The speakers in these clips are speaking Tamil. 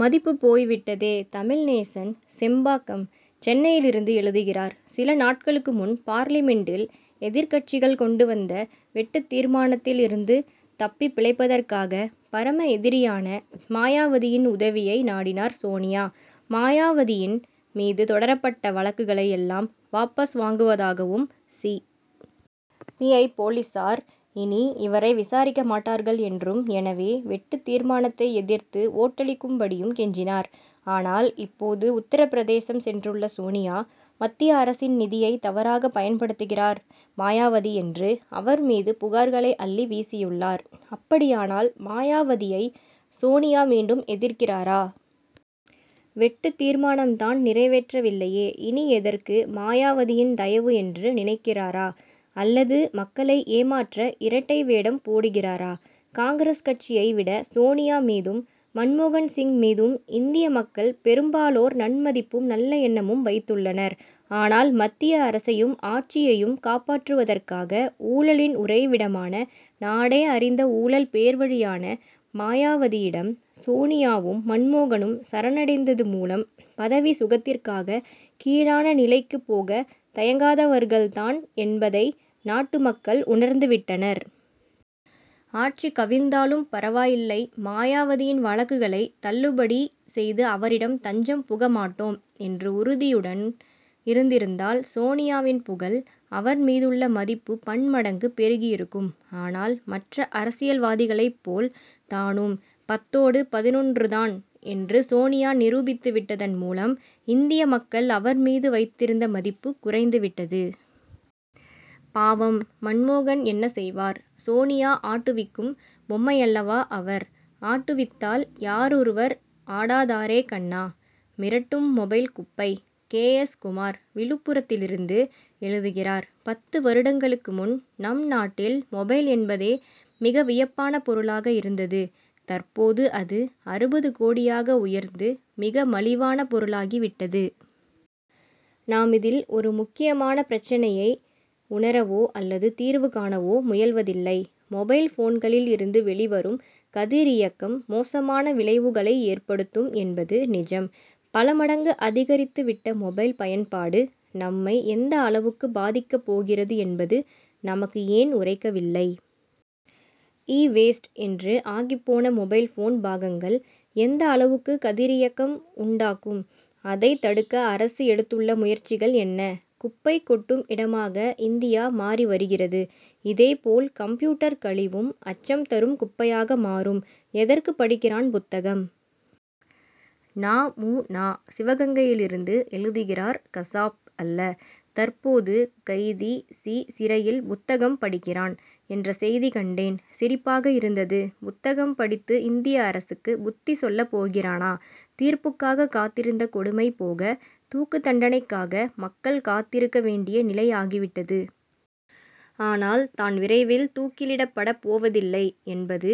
மதிப்பு போய் விட்டதே! தமிழ்நேசன், செம்பாக்கம், சென்னையிலிருந்து எழுதுகிறார் சில நாட்களுக்கு முன் பார்லிமென்டில், எதிர்க்கட்சிகள் கொண்டு வந்த வெட்டுத் தீர்மானத்தில் இருந்து தப்பிப் பிழைப்பதற்காக, பரம எதிரியான மாயாவதியின் உதவியை நாடினார் சோனியா. மாயாவதியின் மீது தொடரப்பட்ட வழக்குகளை எல்லாம் வாபஸ் வாங்குவதாகவும், சி. பி. ஐ. போலீசார் இனி இவரை விசாரிக்க மாட்டார்கள் என்றும், எனவே, வெட்டுத் தீர்மானத்தை எதிர்த்து ஓட்டளிக்கும் படியும் கெஞ்சினார். ஆனால், இப்போது உத்தரப்பிரதேசம் சென்றுள்ள சோனியா, மத்திய அரசின் நிதியை தவறாக பயன்படுத்துகிறார் மாயாவதி' என்று, அவர் மீது புகார்களை அள்ளி வீசியுள்ளார். அப்படியானால், மாயாவதியை சோனியா மீண்டும் எதிர்க்கிறாரா? வெட்டுத் தீர்மானம் தான் நிறைவேற்றவில்லையேஇனி எதற்கு மாயாவதியின் தயவு என்று நினைக்கிறாரா அல்லது மக்களை ஏமாற்ற இரட்டை வேடம் போடுகிறாரா? காங்கிரஸ் கட்சியை விட சோனியா மீதும், மன்மோகன் சிங் மீதும், இந்திய மக்கள் பெரும்பாலோர் நன்மதிப்பும், நல்ல எண்ணமும் வைத்துள்ளனர். ஆனால், மத்திய அரசையும், ஆட்சியையும் காப்பாற்றுவதற்காக, ஊழலின் உறைவிடமான, நாடே அறிந்த ஊழல் பேர்வழியான மாயாவதியிடம், சோனியாவும், மன்மோகனும் சரணடைந்தது மூலம், பதவி சுகத்திற்காக, கீழான நிலைக்குப் போகத் தயங்காதவர்கள் தான் என்பதை நாட்டு மக்கள் உணர்ந்து விட்டனர். ஆட்சி கவிழ்ந்தாலும் பரவாயில்லை, மாயாவதியின் வழக்குகளை தள்ளுபடி செய்து அவரிடம் தஞ்சம் புக மாட்டோம்' என்று உறுதியுடன் இருந்திருந்தால், சோனியாவின் புகழ், அவர் மீதுள்ள மதிப்பு பன்மடங்கு பெருகி இருக்கும். ஆனால், மற்ற அரசியல்வாதிகளைப் போல் தானும், பத்தோடு பதினொன்றுதான் என்று சோனியா நிரூபித்து விட்டதன் மூலம், இந்திய மக்கள் அவர் மீது வைத்திருந்த மதிப்பு குறைந்து விட்டது. பாவம், மன்மோகன் என்ன செய்வார்? சோனியா ஆட்டு விக்கும் பொம்மையல்லவா அவர்! ஆட்டுவித்தால் யாரொருவர் ஆடாதாரே கண்ணா? மிரட்டும் மொபைல் குப்பை! கே. எஸ். குமார், விழுப்புரத்திலிருந்து எழுதுகிறார் பத்து வருடங்களுக்கு முன், நம் நாட்டில் மொபைல் என்பதே, மிக வியப்பான பொருளாக இருந்தது. தற்போது அது அறுபது கோடியாக உயர்ந்து, மிக மலிவான பொருளாகி விட்டது. நாம் இதில் ஒரு முக்கியமான பிரச்சனையை உணரவோ அல்லது தீர்வு காணவோ முயல்வதில்லை. மொபைல்போன்களில் இருந்து வெளிவரும் கதிரியக்கம், மோசமான விளைவுகளை ஏற்படுத்தும் என்பது நிஜம். பல மடங்கு அதிகரித்து விட்ட மொபைல் பயன்பாடு, நம்மை எந்த அளவுக்கு பாதிக்கப் போகிறது என்பது, நமக்கு ஏன் உறைக்கவில்லை? இ வேஸ்ட்' என்று ஆகிப்போன மொபைல் போன் பாகங்கள், எந்த அளவுக்கு கதிரியக்கம் உண்டாக்கும்? அதைத் தடுக்க அரசு எடுத்துள்ள முயற்சிகள் என்ன? குப்பைக் கொட்டும் இடமாக இந்தியா மாறி வருகிறது. இதே போல் கம்ப்யூட்டர் கழிவும், அச்சம் தரும் குப்பையாக மாறும். எதற்கு படிக்கிறான் புத்தகம்! நா. மு. நா., சிவகங்கையிலிருந்து எழுதுகிறார் கசாப் அல்ல, தற்போது கைதி சி-, சிறையில் புத்தகம் படிக்கிறான்' என்ற செய்தி கண்டேன்; சிரிப்பாக இருந்தது. புத்தகம் படித்து, இந்திய அரசுக்கு புத்தி சொல்லப் போகிறானா? தீர்ப்புக்காக காத்திருந்த கொடுமை போக, தூக்கு தண்டனைக்காக, மக்கள் காத்திருக்க வேண்டிய நிலை ஆகிவிட்டது. ஆனால், தான் விரைவில் தூக்கிலிடப்பட போவதில்லை என்பது,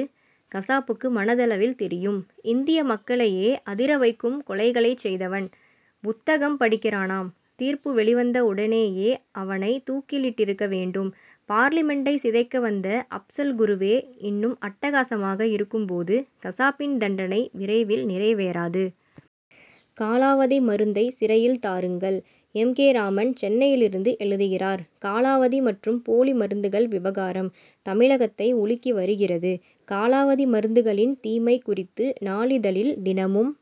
கசாபுக்கு மனதளவில் தெரியும். இந்திய மக்களையே அதிர வைக்கும் கொலைகளைச் செய்தவன், புத்தகம் படிக்கிறானாம். தீர்ப்பு வெளிவந்த உடனேயே, அவனைத் தூக்கிலிட்டிருக்க வேண்டும். பார்லிமென்டை சிதைக்க வந்த அப்சல் குருவே இன்னும், அட்டகாசமாக இருக்கும் போது, கசாப்பின் தண்டனை விரைவில் நிறைவேறாது. காலாவதி மருந்தை சிறையில் தாருங்கள்! எம். கே. ராமன், சென்னையிலிருந்து எழுதுகிறார் காலாவதி மற்றும் போலி மருந்துகள் விவகாரம், தமிழகத்தை உலுக்கி வருகிறது. காலாவதி மருந்துகளின் தீமை குறித்து, நாளிதழில் தினமும்